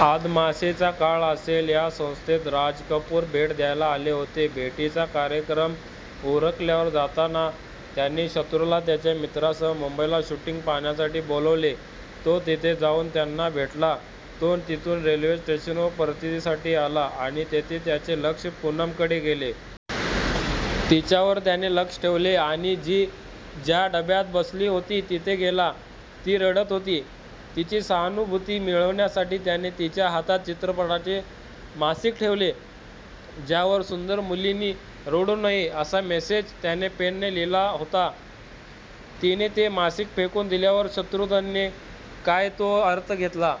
आदमासे चा काळ असेल, या संस्थेत राजकपूर भेट द्यायला आले होते. भेटीचा कार्यक्रम उरकल्यावर जाताना त्यांनी शत्रूला त्याच्या मित्रांसह मुंबईला शुटींग पाहण्यासाठी बोलवले. तो तिथे जाऊन त्यांना भेटला. तो तिथून रेल्वे स्टेशनवर परतीसाठी आला आणि तिथे त्याचे लक्ष पूनमकडे गेले. तिच्यावर त्याने लक्ष ठेवले आणि ती ज्या डब्यात बसली होती तिथे गेला. ती रडत होती, तिची सहानुभूती मिळवण्यासाठी त्याने तिच्या हातात चित्रपटाचे मासिक ठेवले ज्यावर सुंदर मुलीनी रडू नये असा मेसेज त्याने पेनने लिहिला होता, तिने ते मासिक फेकून दिल्यावर शत्रुघ्नने काय तो अर्थ घेतला.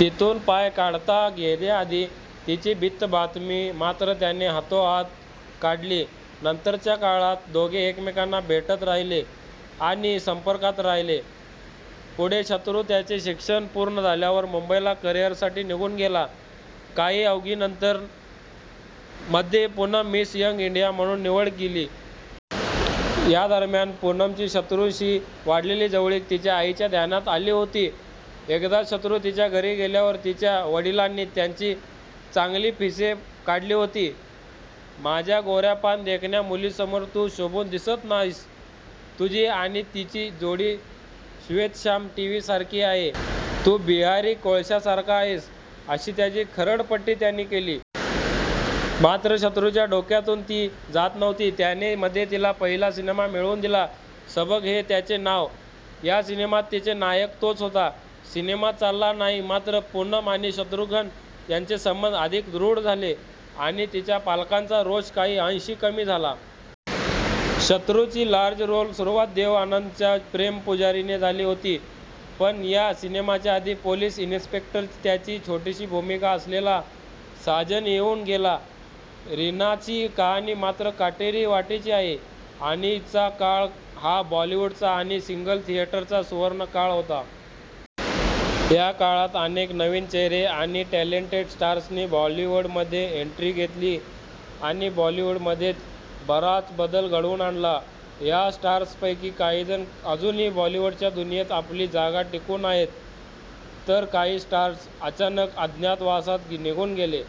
तिथून पाय काढता घेण्याआधी तिची बित्तंबातमी मात्र त्याने हातोहात काढली. नंतरच्या काळात दोघे एकेमकाला भेटत राहिले आणि संपर्कात राहिले. पुढे शत्रू त्याचे शिक्षण पूर्ण झाल्यावर मुंबईला करिअरसाठी निघून गेला. काही अवधीनंतर मध्ये पूनम मिस यंग इंडिया म्हणून निवडली गेली. यादरम्यान पूनमची शत्रूशी वाढलेली जवळीक तिच्या आईच्या ध्यानात आली होती. एकदा शत्रू तिच्या घरी गेल्यावर तिच्या वडिलांनी त्याची चांगली पिसे काढली होती. "माझ्या गोऱ्यापान देखण्या मुलीसमोर तू शोभून दिसत नाहीस तुझी आणि तिची जोडी श्वेतशाम टीव्ही सारखी आहे, तू बिहारी कोळशासारखा आहेस" अशी त्याची खरडपट्टी त्यांनी केली. मात्र शत्रूच्या डोक्यातून ती जात नव्हती, त्याने मध्ये तिला पहिला सिनेमा मिळवून दिला 'सबक' हे त्याचे नाव. या सिनेमात तिचा नायक तोच होता. सिनेमा चालला नाही मात्र पूनम आणि शत्रुघ्न यांचे संबंध अधिक दृढ झाले आणि तिच्या पालकांचा रोष काही अंशी कमी झाला. शत्रूची लार्ज रोल सुरुवात देवआनंदच्या प्रेमपुजारीने झाली होती पण या सिनेमाच्या आधी पोलीस इन्स्पेक्टरची त्याची छोटीशी भूमिका असलेला 'साजन' येऊन गेला. रीनाची कहानी मात्र काटेरी वाटेची आहे. आणि चा काळ हा बॉलिवूडचा आणि सिंगल थियेटरचा सुवर्णकाळ होता. या काळात अनेक नवीन चेहरे आणि टॅलेंटेड स्टार्सनी बॉलिवूडमध्ये एन्ट्री घेतली आणि बॉलिवूडमध्ये बराच बदल घडवून आणला. या स्टार्सपैकी काहीजण अजूनही बॉलिवूडच्या दुनियेत आपली जागा टिकवून आहेत, तर काही स्टार्स अचानक अज्ञातवासात निघून गेले.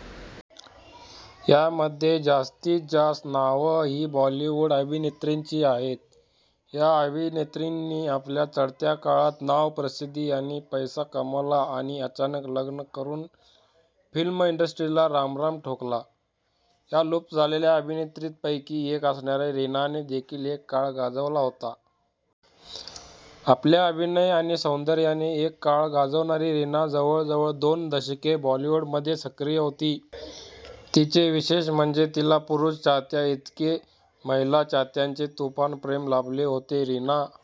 यामध्ये जास्तीत जास्त नावं ही बॉलिवूड अभिनेत्रींची आहेत. या अभिनेत्रींनी आपल्या चढत्या काळात नाव, प्रसिद्धी आणि पैसा कमावला आणि अचानक लग्न करुन फिल्म इंडस्ट्रीला रामराम ठोकला. या लुप्त झालेल्या अभिनेत्रीतपैकी एक असणाऱ्या रीनाने देखील एक काळ गाजवला होता. आपल्या अभिनय आणि सौंदर्याने एक काळ गाजवणारी रीना जवळजवळ दोन दशके बॉलीवूडमध्ये सक्रीय होती. तिचे विशेष म्हणजे तिला पुरुष चाहत्यांइतकेच महिला चाहत्यांचे तुफान प्रेम लाभले होते. रीना